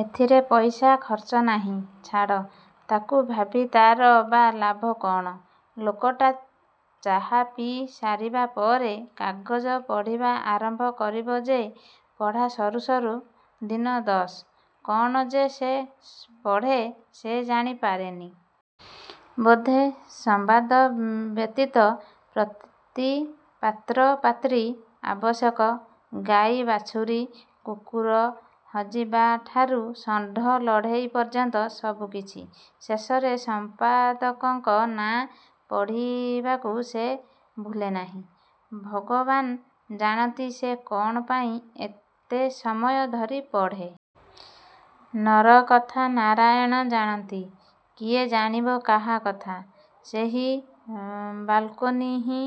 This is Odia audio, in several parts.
ଏଥିରେ ପଇସା ଖର୍ଚ୍ଚ ନାହିଁ। ଛାଡ଼, ତା'କୁ ଭାବି ତା'ର ବା ଲାଭ କ'ଣ। ଲୋକଟା ଚା' ପିଇ ସାରିବା ପରେ କାଗଜ ପଢ଼ିବା ଆରମ୍ଭ କରିବ ଯେ, ପଢ଼ା ସରୁ ସରୁ ଦିନ ଦଶ। କ'ଣ ଯେ ସେ ପଢ଼େ ସେ ଜାଣି ପାରେନି। ବୋଧେ ସମ୍ୱାଦ ବ୍ୟତୀତ, ପ୍ରତି ପାତ୍ର ପାତ୍ରୀ ଆବଶ୍ୟକ, ଗାଈ ବାଛୁରୀ, କୁକୁର ହଜିବା ଠାରୁ ଷଣ୍ଡ ଲଢ଼େଇ ପର୍ଯ୍ୟନ୍ତ ସବୁ କିଛି। ଶେଷରେ ସମ୍ପାଦକଙ୍କ ନାଁ ପଢ଼ିବାକୁ ସେ ଭୁଲେ ନାହିଁ। ଭଗବାନ ଜାଣନ୍ତି ସେ କ'ଣ ପାଇଁ ଏତେ ସମୟ ଧରି ପଢ଼େ। ନରକଥା ନାରାୟଣ ଜାଣନ୍ତି। କିଏ ଜାଣିବ କାହା କଥା। ସେହି ବାଲ୍କୋନି ହିଁ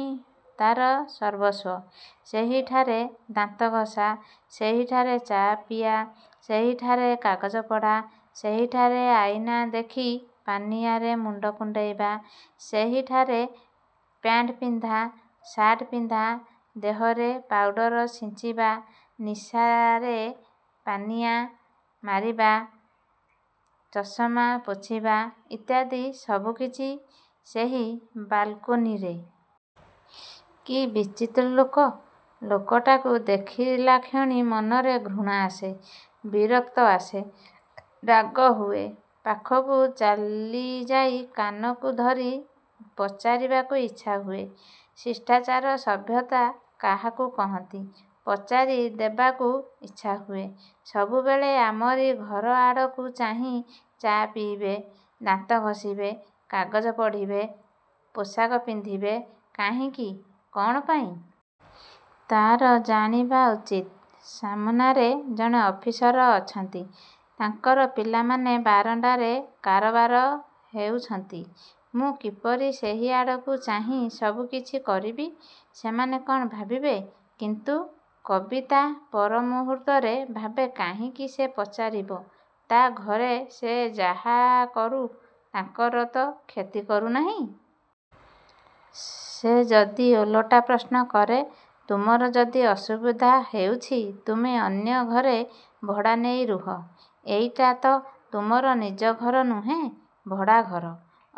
ତା'ର ସର୍ବସ୍ୱ। ସେହିଠାରେ ଦାନ୍ତଘଷା, ସେହିଠାରେ ଚା' ପିଆ, ସେହିଠାରେ କାଗଜ ପଢ଼ା, ସେହିଠାରେ ଆଇନା ଦେଖି ପାନିଆରେ ମୁଣ୍ଡ କୁଣ୍ଡାଇବା, ସେହିଠାରେ ପ୍ୟାଣ୍ଟ ପିନ୍ଧା, ସାଟ୍ ପିନ୍ଧା ଦେହରେ ପାଉଡ଼ର ସିଞ୍ଚିବା, ନିଶାରେ ପାନିଆ ମାରିବା, ଚଷମା ପୋଛିବା, ଇତ୍ୟାଦି ସବୁକିଛି ସେହି ବାଲକୋନିରେ। କି ବିଚିତ୍ର ଲୋକ। ଲୋକଟାକୁ ଦେଖିଲାକ୍ଷଣି ମନରେ ଘୃଣା ଆସେ। ବିରକ୍ତ ଆସେ, ରାଗ ହୁଏ। ପାଖକୁ ଚାଲିଯାଇ କାନକୁ ଧରି ପଚାରିବାକୁ ଇଚ୍ଛା ହୁଏ। ଶିଷ୍ଟାଚାର ସଭ୍ୟତା କାହାକୁ କହନ୍ତି ପଚାରି ଦେବାକୁ ଇଚ୍ଛା ହୁଏ? ସବୁବେଳେ ଆମରି ଘରଆଡ଼କୁ ଚାହିଁ ଚା ପିଇବେ, ଦାନ୍ତ ଘଷିବେ, କାଗଜ ପଢ଼ିବେ, ପୋଷାକ ପିନ୍ଧିବେ, କାହିଁକି କ'ଣ ପାଇଁ। ତା'ର ଜାଣିବା ଉଚିତ ସାମନାରେ ଜଣେ ଅଫିସର ଅଛନ୍ତି। ତାଙ୍କର ପିଲାମାନେ ବାରଣ୍ଡାରେ କାରବାର ହେଉଛନ୍ତି। ମୁଁ କିପରି ସେଇ ଆଡ଼କୁ ଚାହିଁ ସବୁକିଛି କରିବି? ସେମାନେ କ'ଣ ଭାବିବେ? କିନ୍ତୁ କବିତା ପର ମୁହୂର୍ତ୍ତରେ ଭାବେ କାହିଁକି ସେ ପଚାରିବ? ତା' ଘରେ ସେ ଯାହାକରୁ ତାଙ୍କର ତ କ୍ଷତି କରୁନାହିଁ। ସେ ଯଦି ଓଲଟା ପ୍ରଶ୍ନ କରେ ତୁମର ଯଦି ଅସୁବିଧା ହେଉଛି ତୁମେ ଅନ୍ୟ ଘରେ ଭଡ଼ା ନେଇ ରୁହ। ଏଇଟା ତ ତୁମର ନିଜ ଘର ନୁହେଁ, ଭଡ଼ାଘର।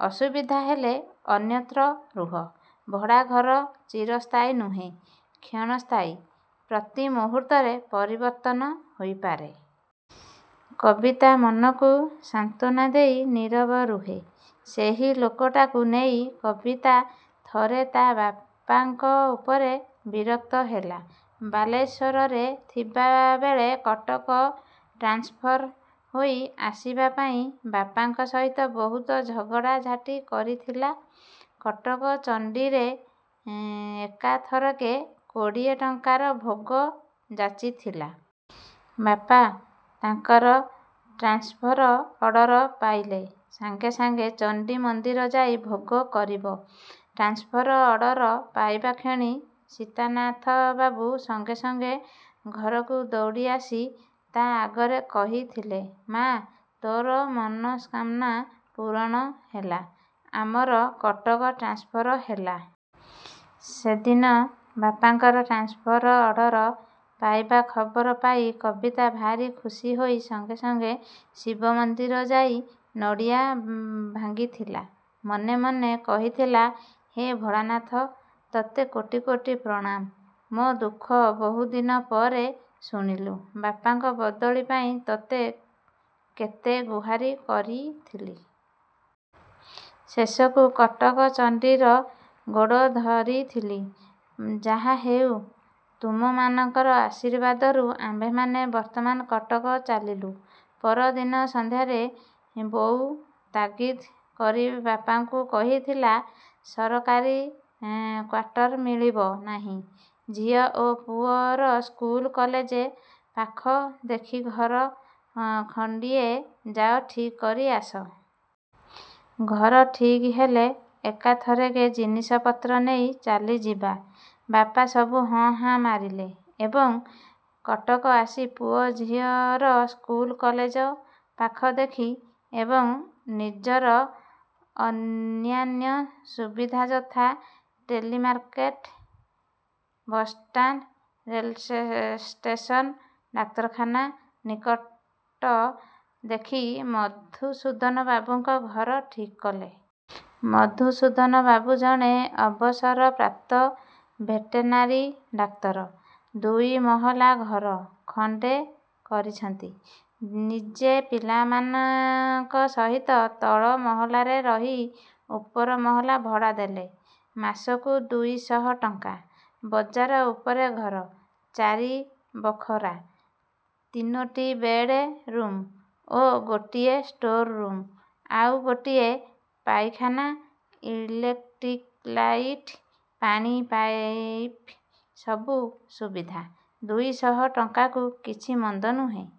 ଅସୁବିଧା ହେଲେ ଅନ୍ୟତ୍ର ରୁହ। ଭଡ଼ାଘର ଚିରସ୍ଥାୟୀ ନୁହେଁ। କ୍ଷଣସ୍ଥାୟୀ। ପ୍ରତି ମୁହୂର୍ତ୍ତରେ ପରିବର୍ତ୍ତନ ହୋଇପାରେ। କବିତା ମନକୁ ସାନ୍ତ୍ୱନା ଦେଇ ନୀରବ ରୁହେ। ସେହି ଲୋକଟାକୁ ନେଇ କବିତା ଥରେ ତା' ବାପାଙ୍କ ଉପରେ ବିରକ୍ତ ହେଲା। ବାଲେଶ୍ୱରରେ ଥିଲାବେଳେ କଟକ ଟ୍ରାନ୍ସଫର ହୋଇ ଆସିବା ପାଇଁ ବାପାଙ୍କ ସହିତ ବହୁତ ଝଗଡ଼ାଝାଟି କରିଥିଲା। କଟକଚଣ୍ଡୀରେ ଏକାଥରକେ କୋଡ଼ିଏ ଟଙ୍କାର ଭୋଗ ଯାଚିଥିଲା। ବାପା ତାଙ୍କର ଟ୍ରାନ୍ସଫର ଅର୍ଡର ପାଇଲେ ସାଙ୍ଗେ ସାଙ୍ଗେ ଚଣ୍ଡୀ ମନ୍ଦିର ଯାଇ ଭୋଗ କରିବ। ଟ୍ରାନ୍ସଫର ଅର୍ଡର ପାଇବା କ୍ଷଣି ସୀତାନାଥବାବୁ ସଙ୍ଗେ ସଙ୍ଗେ ଘରକୁ ଦୌଡ଼ି ଆସି ତା' ଆଗରେ କହିଥିଲେ, ମା' ତୋର ମନସ୍କାମନା ପୂରଣ ହେଲା। ଆମର କଟକ ଟ୍ରାନ୍ସଫର ହେଲା। ସେଦିନ ବାପାଙ୍କର ଟ୍ରାନ୍ସଫର ଅର୍ଡର ପାଇବା ଖବର ପାଇ କବିତା ଭାରି ଖୁସିହୋଇ ସଙ୍ଗେ ସଙ୍ଗେ ଶିବ ମନ୍ଦିର ଯାଇ ନଡ଼ିଆ ଭାଙ୍ଗିଥିଲା। ମନେମନେ କହିଥିଲା ହେ ଭୋଳାନାଥ ତୋତେ କୋଟି କୋଟି ପ୍ରଣାମ। ମୋ ଦୁଃଖ ବହୁଦିନ ପରେ ଶୁଣିଲୁ। ବାପାଙ୍କ ବଦଳି ପାଇଁ ତୋତେ କେତେ ଗୁହାରି କରିଥିଲି। ଶେଷକୁ କଟକଚଣ୍ଡୀର ଗୋଡ଼ ଧରିଥିଲି। ଯାହାହେଉ ତୁମ୍ଭମାନଙ୍କ ଆଶୀର୍ବାଦରୁ ଆମ୍ଭେମାନେ ବର୍ତ୍ତମାନ କଟକ ଚାଲିଲୁ। ପରଦିନ ସନ୍ଧ୍ୟାରେ ବୋଉ ତାଗିଦ କରି ବାପାଙ୍କୁ କହିଥିଲା-ସରକାରୀ କ୍ୱାଟର ମିଳିବ ନାହିଁ, ଝିଅ ଓ ପୁଅର ସ୍କୁଲ କଲେଜ ପାଖ ଦେଖି ଘର ଖଣ୍ଡିଏ ଯାଅ ଠିକ୍ କରି ଆସ। ଘର ଠିକ୍ ହେଲେ ଏକାଥରକେ ଜିନିଷପତ୍ର ନେଇ ଚାଲିଯିବା। ବାପା ସବୁ ହଁ ହାଁ ମାରିଲେ ଏବଂ କଟକ ଆସି ପୁଅ ଝିଅର ସ୍କୁଲ କଲେଜ ପାଖ ଦେଖି ଏବଂ ନିଜର ଅନ୍ୟାନ୍ୟ ସୁବିଧା ଯଥା-ଡେଲି ମାର୍କେଟ, ବସ୍ଷ୍ଟାଣ୍ଡ, ରେଲ୍ ଷ୍ଟେସନ, ଡାକ୍ତରଖାନା ନିକଟ ଦେଖି ମଧୁସୂଦନବାବୁଙ୍କ ଘର ଠିକ୍ କଲେ। ମଧୁସୂଦନବାବୁ ଜଣେ ଅବସରପ୍ରାପ୍ତ ଭେଟେନାରୀ ଡାକ୍ତର। ଦୁଇ ମହଲା ଘର ଖଣ୍ଡେ କରିଛନ୍ତି। ନିଜେ ପିଲାମାନଙ୍କ ସହିତ ତଳ ମହଲାରେ ରହି ଉପର ମହଲା ଭଡ଼ା ଦେଲେ। ମାସକୁ ଦୁଇଶହ ଟଙ୍କା। ବଜାର ଉପରେ ଘର ଚାରି ବଖରା, ତିନୋଟି ବେଡ୍ ରୁମ୍ ଓ ଗୋଟିଏ ଷ୍ଟୋର୍ ରୁମ୍, ଆଉ ଗୋଟିଏ ପାଇଖାନା, ଇଲେକ୍ଟ୍ରିକ୍ ଲାଇଟ୍, ପାଣି ପାଇପ୍, ସବୁ ସୁବିଧା। ଦୁଇଶହ ଟଙ୍କାକୁ କିଛି ମନ୍ଦ ନୁହେଁ।